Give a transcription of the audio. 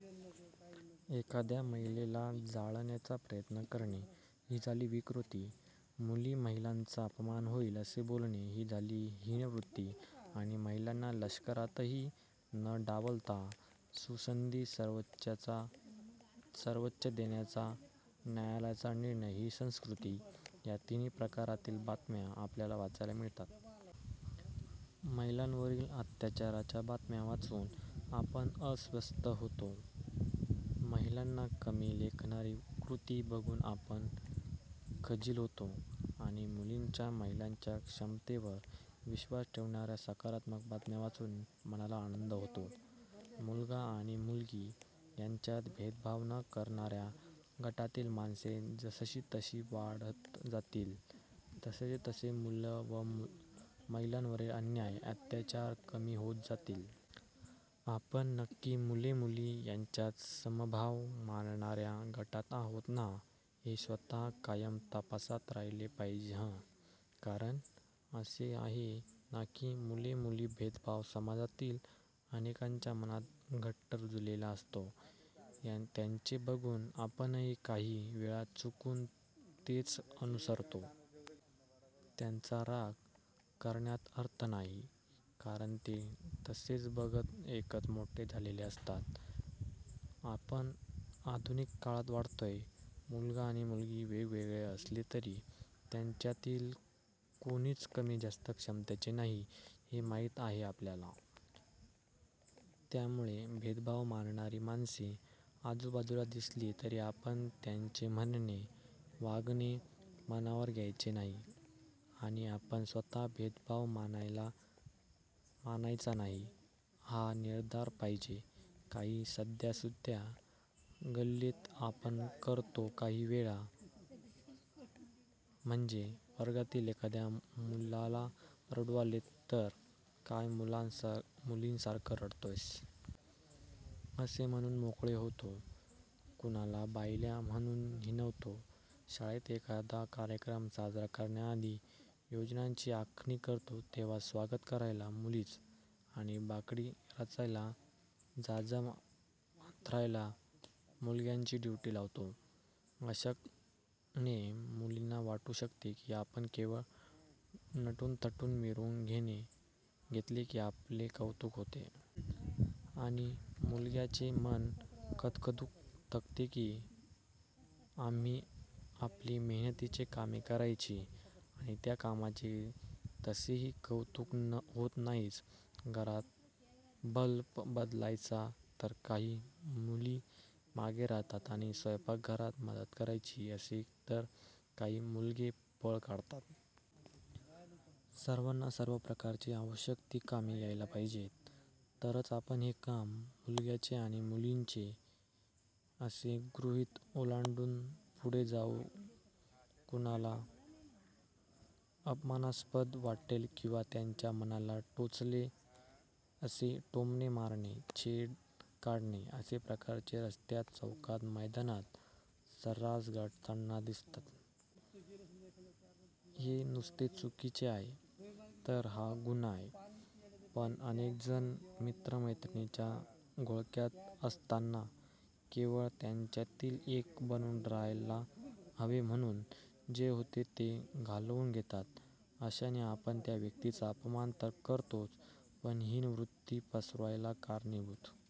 एखाद्या महिलेला जाळण्याचा प्रयत्न करणे, ही झाली विकृती. मुली-महिलांचा अपमान होईल असे बोलणे, ही झाली हीन-वृत्ती आणि महिलांना लष्करातही न डावलता, सुसंधी देण्याचा सर्वोच्च न्यायालयाचा निर्णय ही संस्कृती! या तिन्ही प्रकारांतील बातम्या आपल्याला वाचायला मिळतात. महिलांवरील अत्याचाराच्या बातम्या वाचून आपण अस्वस्थ होतो. महिलांना कमी लेखणारी कृती बघून आपण खजील होतो; आणि मुलींच्या, महिलांच्या क्षमतेवर विश्वास ठेवणाऱ्या सकारात्मक बातम्या वाचून मनाला आनंद होतो. मुलगा आणि मुलगी यांच्यात भेदभाव न करणाऱ्या गटातील माणसे जसजशी वाढत जातील, तसतसे मुली व महिलांवरील अन्याय, अत्याचार कमी होत जातील. आपण नक्की मुले-मुली यांच्यात समभाव मानणाऱ्या गटात आहोत ना, हे स्वत: कायम तपासात राहिले पाहिजे हं! कारण असे आहे ना की, मुले-मुली भेदभाव समाजातील अनेकांच्या मनात घट्ट रुजलेला असतो. त्यांचे बघून आपणही काही वेळा चुकून तेच अनुसरतो. त्यांचा राग करण्यात अर्थ नाही, कारण ते तसेच बघत, ऐकत मोठे झालेले असतात ना! आपण आधुनिक काळात वाढतोय. मुलगा आणि मुलगी वेगवेगळे असले तरी त्यांच्यातील कोणीच कमी-जास्त क्षमतेचे नाही, हे माहिती आहे आपल्याला. त्यामुळे भेदभाव मानणारी माणसे आजूबाजूला दिसली तरी आपण त्यांचे म्हणणे, वागणे मनावर घ्यायचे नाही आणि आपण स्वत: भेदभाव मानायचा नाही, हा निर्धार पाहिजे. काही साध्यासुध्या गल्लती आपण करतो काही वेळा. म्हणजे वर्गातील एखाद्या मुलाला रडू आले तर, "काय मुलीसारखं रडतोयस? " असे म्हणून मोकळे होतो. कुणाला 'बायल्या' म्हणून हिणवतो. शाळेत एखादा कार्यक्रम साजरा करण्याआधी आयोजनाची आखणी करतो तेव्हा स्वागत करायला मुलींची; आणि बाकडी रचायला, जाजम अंथरायला मुलग्यांची ड्युटी लावतो. अशाने मुलींना वाटू शकते की, आपण केवळ नटूनथटून मिरवून घेतले की आपले कौतुक होते! आणि मुलग्यांचे मन खदखदू शकते की, आम्ही आपली मेहनतीची कामे करायची आणि त्या कामाचे तसेही कौतुक होत नाहीच. घरात बल्ब बदलायचाय तर काही मुली मागे राहतात आणि स्वयंपाकघरात मदत करायची असेल तर काही मुलगे पळ काढतात. सर्वांना सर्व प्रकारची आवश्यक ती कामे यायला पाहिजेत, तरच आपण 'हे काम मुलग्याचे आणि ते मुलीचे' असे गृहीतक ओलांडून पुढे जाऊ. कुणाला अपमानास्पद वाटेल किंवा त्यांच्या मनाला टोचेल असे टोमणे मारणे, छेड काढणे असे प्रकार रस्त्यात, चौकात, मैदानात सर्रास घडताना दिसतात. हे नुसते चुकीचे नाही, तर हा गुन्हा आहे. पण अनेकजण मित्र-मैत्रिणींच्या घोळक्यात असताना, केवळ त्यांच्यातील एक बनून राहायला हवे म्हणून, जे होते ते चालवून घेतात. अशाने आपण त्या व्यक्तीचा अपमान तर करतोच, पण हीन वृत्ती पसरवायला कारणीभूत